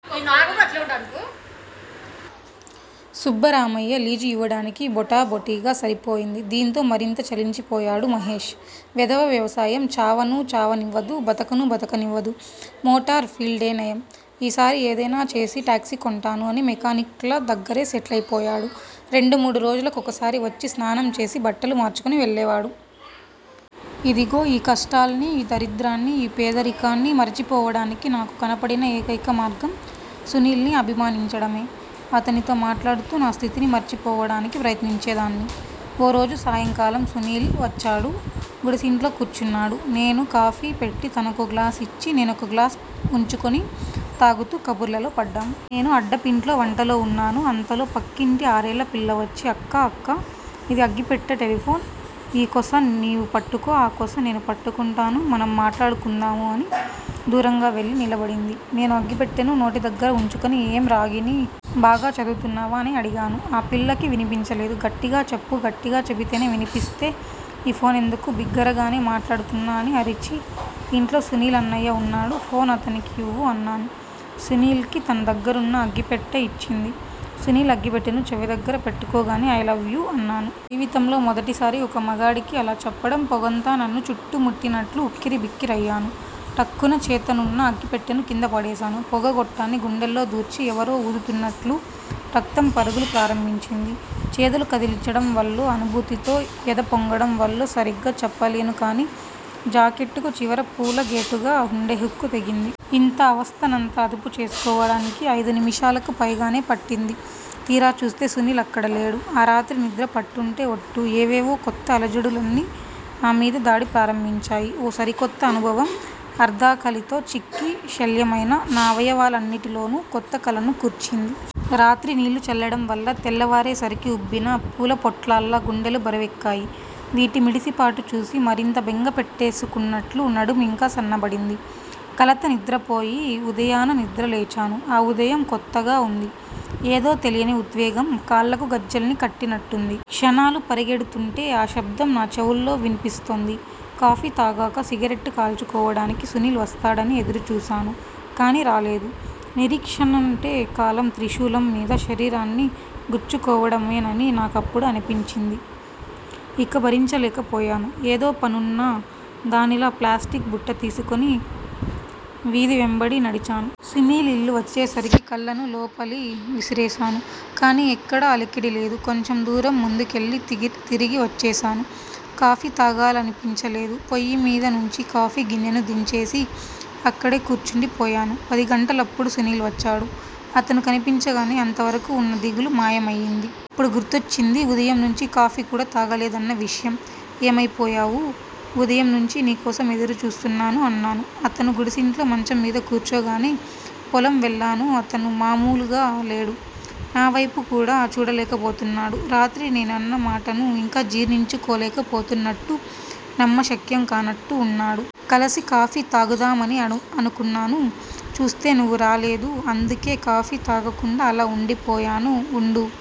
Subbaramaiah lease ఇవ్వడానికి బొటాబొటిగా సరిపోయింది. దీంతో మరింత చలించిపోయాడు మహేష్. వెధవ వ్యవసాయం చావానూ చావనివ్వదు, బతకనూ బతకనివ్వదు. మోటార్ ఫీల్డేనయం. ఈసారి ఏదైనా చేసి టాక్సీ కొంటాను అని మెకానిక్ ల దగ్గరే సెటిలైపోయాడు. రెండు మూడు రోజులకొకసారి వచ్చి స్నానం చేసి బట్టలు మార్చుకుని వెళ్ళేవాడు. ఇదిగో ఈ కష్టాల్ని, ఈ దరిద్రాన్ని, ఈ పేదరికాన్ని మరచిపోవడానికి నాకు కనపడిన ఏకైక మార్గం సునీల్ ని అభిమానించడమే. అతనితో మాట్లాడుతూ నా స్థితిని మరిచిపోవడానికి ప్రయత్నించేదాన్ని. ఓరోజు సాయంకాలం సునీల్ వచ్చాడు. గుడిసింట్లో కూర్చున్నాడు. నేను కాఫీ పెట్టి తనకో గ్లాస్ ఇచ్చి, నేనొక గ్లాస్ వుంచుకుని తాగుతూ కబుర్లలో పడ్డాం. నేను అడ్డపింట్లో వంటలో వున్నాను. అంతలో పక్కింటి ఆరేళ్ళపిల్ల వచ్చి అక్కా! అక్కా! ఇది అగ్గెపెట్టె టెలిఫోన్. ఈ కొస నీవు పట్టుకో, ఆ కొస నేను పట్టుకుంటాను. మనం మాట్లాడుకుందాము అని దూరంగా వెళ్ళి నిలబడింది. నేను అగ్గిపెట్టెను నోటిదగ్గర వుంచుకొని, ఏం రాగిణీ! బాగా చదువుతున్నావా? అని అడిగాను. ఆ పిల్లకి వినిపించలేదు. గట్టిగా చెప్పు గట్టిగా చెబితేనే వినిపిస్తే ఈ ఫోనెందుకు? బిగ్గరగానే మాట్లాడుతున్నా అని అరిచి, ఇంట్లో సునీల్ అన్నయ్య వున్నాడు, ఫోన్ అతనికి ఇవ్వు అన్నాను. సునీల్ కి తన దగ్గరున్న అగ్గిపెట్టె యిచ్చింది. సునీల్ అగ్గిపెట్టెను చెవి దగ్గర పెట్టుకాగానే ఐ లవ్ యు అన్నాను. జీవితంలో మొదటిసారి ఒక మగాడికి అలా చెప్పడం పొగంతా నన్ను చుట్టుముట్టినట్లు ఉక్కిరిబిక్కిరయ్యాను. ఠక్కున చేతనున్న అగ్గిపెట్టెను కిందపడేశాను. పొగ గొట్టాన్ని గుండెల్లో దూర్చి ఎవరో వూదుతున్నట్లు రక్తం పరుగులు ప్రారంభించింది. చేతులు కదిలించడం వల్లో అనుభూతితో ఎద పొంగడం వల్లో సరిగ్గా చెప్పలేనుకాని జాకెట్టుకు చివర పూలగేటుగా వుండే హుక్ తెగింది. ఇంత అవస్థనంతా అదుపు చేసుకోవడానికి ఐదు నిముషాలకు పైగానే పట్టింది. తీరా చూస్తే సునీల్ అక్కడ లేడు. ఆ రాత్రి నిద్ర పట్టుంటే ఒట్టు. ఏవేవో కొత్త అలజడులన్నీ నామీద దాడి ప్రారంభించాయి. ఓ సరికొత్త అనుభవం అర్ధాకలితో చిక్కిశల్యమైన నా అవయవాలన్నిటిలోనూ కొత్త కళను కూర్చింది. రాత్రి నీళ్ళు చల్లడం వల్ల తెల్లవారేసరికి ఉబ్బిన పూల పొట్లాల్లా గుండెలు బరువెక్కాయి. వీటి మిడిసిపాటు చూసి మరింత బెంగ పెట్టేసుకున్నట్లు నడుం ఇంకా సన్నబడింది. కలత నిద్రపోయి, ఉదయాన నిద్ర లేచాను, ఆ ఉదయం కొత్తగా, వుంది. ఏదో తెలియని ఉద్వేగం కాళ్ళకు గజ్జెల్ని కట్టినట్టుంది క్షణాలు పరిగెడుతుంటే, ఆ శబ్దం నా చెవుల్లో విన్పిస్తోంది. కాఫీ తాగాక సిగరెట్టు కాల్చుకోవడానికి సునీల్ వస్తాడని ఎదురు చూశాను కానీ రాలేదు. నిరీక్షణంటే కాలం త్రిశూలం మీద శరీరాన్ని గుచ్చుకోవడమేనని నాకప్పుడు అనిపించింది. ఇక భరించలేక పోయాను. ఏదో పనున్న దానిలా ప్లాస్టిక్ బుట్ట తీసుకుని వీధి వెంబడి నడిచాను. సునీల్ ఇల్లు వచ్చేసరికి కళ్ళను లోపలి విసిరేశాను. కానీ ఎక్కడా అలికిడి లేదు. కొంచెం దూరం ముందుకెళ్ళి, తి తిరిగి వచ్చేశాను. కాఫీ తాగాలనిపించలేదు. పొయ్యిమీద నుంచి కాఫీ గిన్నెను దించేసి అక్కడే కూర్చుండిపోయాను. పదిగంటలప్పుడు సునీల్ వచ్చాడు. అతను కనిపించగానే అంతవరకు వున్న దిగులు మాయమైంది. అప్పుడు గుర్తొచ్చింది ఉదయం నుంచీ కాఫీ కూడా తాగలేదన్న విషయం ఏమైపోయావు? ఉదయం నుంచీ నీ కోసం ఎదురుచూస్తున్నాను అన్నాను అతను గుడిసింట్లో మంచం మీద కూర్చోగానే. పొలం వెళ్ళాను అతనూ మామూలుగా లేడు. నావైపు కూడా చూడలేకపోతున్నాడు. రాత్రి నేనన్న మాటను ఇంకా జీర్ణించుకోలేక పోతున్నట్టు, నమ్మశక్యం కానట్టు వున్నాడు. కలిసి కాఫీ తాగుదామని అనుకున్నాను. చూస్తే నువ్వు రాలేదు. అందుకే కాఫీ తాగకుండా అలా వుండిపోయాను. వుండు-